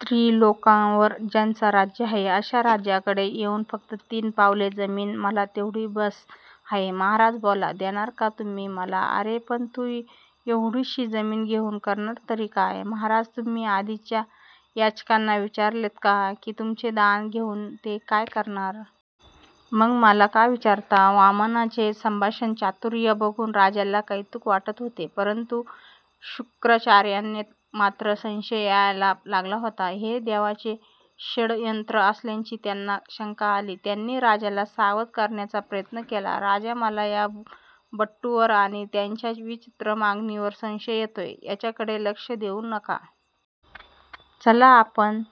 त्रिलोकावर ज्याचं राज्य आहे अशा राजाकडे येऊन फक्त तीन पावले जमीन? मला तेवढी बस आहे महाराज. बोला देणार का तुम्ही मला? अरे पण तू एवढुशी जमीन घेऊन करणार तरी काय? महाराज, तुम्ही आधीच्या याचकांना विचारलेत का कि तुमचे दान घेऊन ते काय करणार? मग मला का विचारता? वामनाचे संभाषण चातुर्य बघुन राजाला कौतुक वाटत होते. परंतु शुक्राचार्यांना मात्र संशय यायला लागला होता. हे देवांचे षडयंत्र असल्याची त्यांना शंका आली. त्यांनी राजाला सावध करण्याचा प्रयत्न केला. राजा, मला या बटूवर आणि त्याच्या विचित्र मागणीवर संशय येतोय, याच्याकडे लक्ष देऊ नका. चला आपण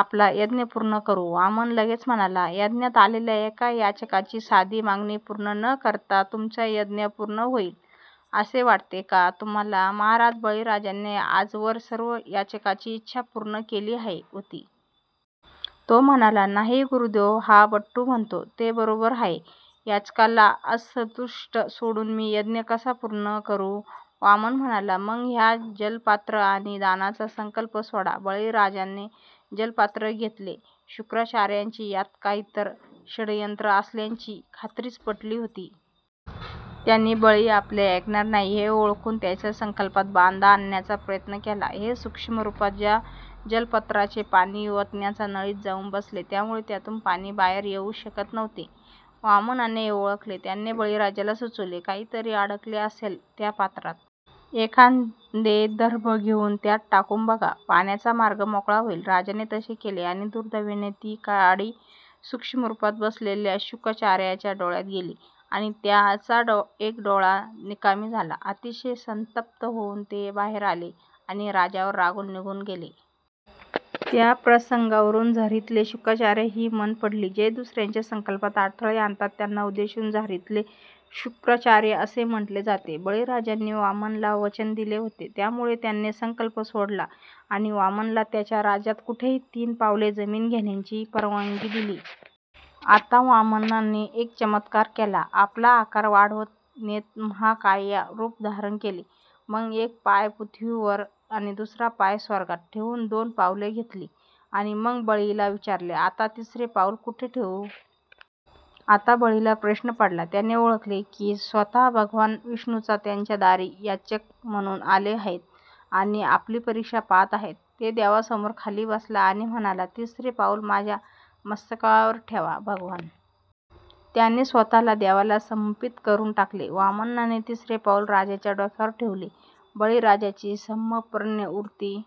आपला यज्ञ पूर्ण करू. वामन लगेच म्हणाला यज्ञात आलेल्या एका याचकाची साधी मागणी पूर्ण न करता तुमचा यज्ञ पूर्ण होईल असे वाटते का तुम्हाला महाराज? बळीराजाने आजवर सर्व याचकांची इच्छा पूर्ण केली होती. तो म्हणाला नाही. गुरुदेव हा बटू म्हणतो ते बरोबर आहे, याचकाला असंतुष्ट सोडुन मी यज्ञ कसा पूर्ण करू? वामन म्हणाला "मग घ्या ते जलपात्र आणि दानाचा संकल्प सोडा. बळीराजाने जलपात्र घेतले. शुक्राचार्यांची यात काही तरी षडयंत्र असल्याची खात्रीच पटली होती. त्यांनी बळी आपले ऐकणार नाही हे ओळखुन त्याच्या संकल्पात बाधा आणण्याचा प्रयत्न केला. ते सूक्ष्मरूपात त्या जलपत्राच्या पाणी ओतण्याच्या नळीत जाऊन बसले. त्यामुळे त्यातुन पाणी बाहेर येऊ शकत नव्हते. वामनाने हे ओळखले. त्याने बळीराजाला सुचवले काही तरी अडकले असेल त्या पात्रात. एखादे दर्भ घेऊन त्यात टाकुन बघा, पाण्याचा मार्ग मोकळा होईल. राजाने तसे केले आणि दुर्दैवाने ती काडी सूक्ष्मरूपात बसलेल्या शुक्राचार्यांच्या डोळ्यात गेली आणि त्यांचा एक डोळा निकामी झाला. अतिशय संतप्त होऊन ते बाहेर आले आणि राजावर रागावून निघुन गेले. या प्रसंगावरून झारीतले शुक्राचार्य हि म्हण पडली. जे दुसऱ्याच्या संकल्पात अडथळे आणतात त्यांना उद्देशुन झारीतले शुक्राचार्य असे म्हटले जाते. बळीराजाने वामनाला वचन दिले होते त्यामुळे त्याने संकल्प सोडला आणि वामनाला त्याच्या राज्यात कुठेही तीन पावले जमीन घेण्याची परवानगी दिली. आता वामनाने एक चमत्कार केला. आपला आकार वाढवत नेत महाकाय रूप धारण केले. मग एक पाय पृथ्वीवर आणि दुसरा पाय स्वर्गात ठेवुन दोन पावले घेतली. आणि मग बळीला विचारले आता तिसरे पाऊल कुठे ठेवु? आता बळीला प्रश्न पडला. त्याने ओळखले कि स्वतः भगवान विष्णूच त्याच्या दारी याचक म्हणुन आले आहेत आणि आपली परीक्षा पाहत आहेत. तो देवासमोर खाली बसला आणि म्हणाला तिसरे पाऊल माझ्या मस्तकावर ठेवा भगवान. त्याने स्वतःला देवाला समर्पित करून टाकले. वामनाने तिसरे पाऊल राजाच्या डोक्यावर ठेवले. बळीराजाची समर्पण वृत्ती,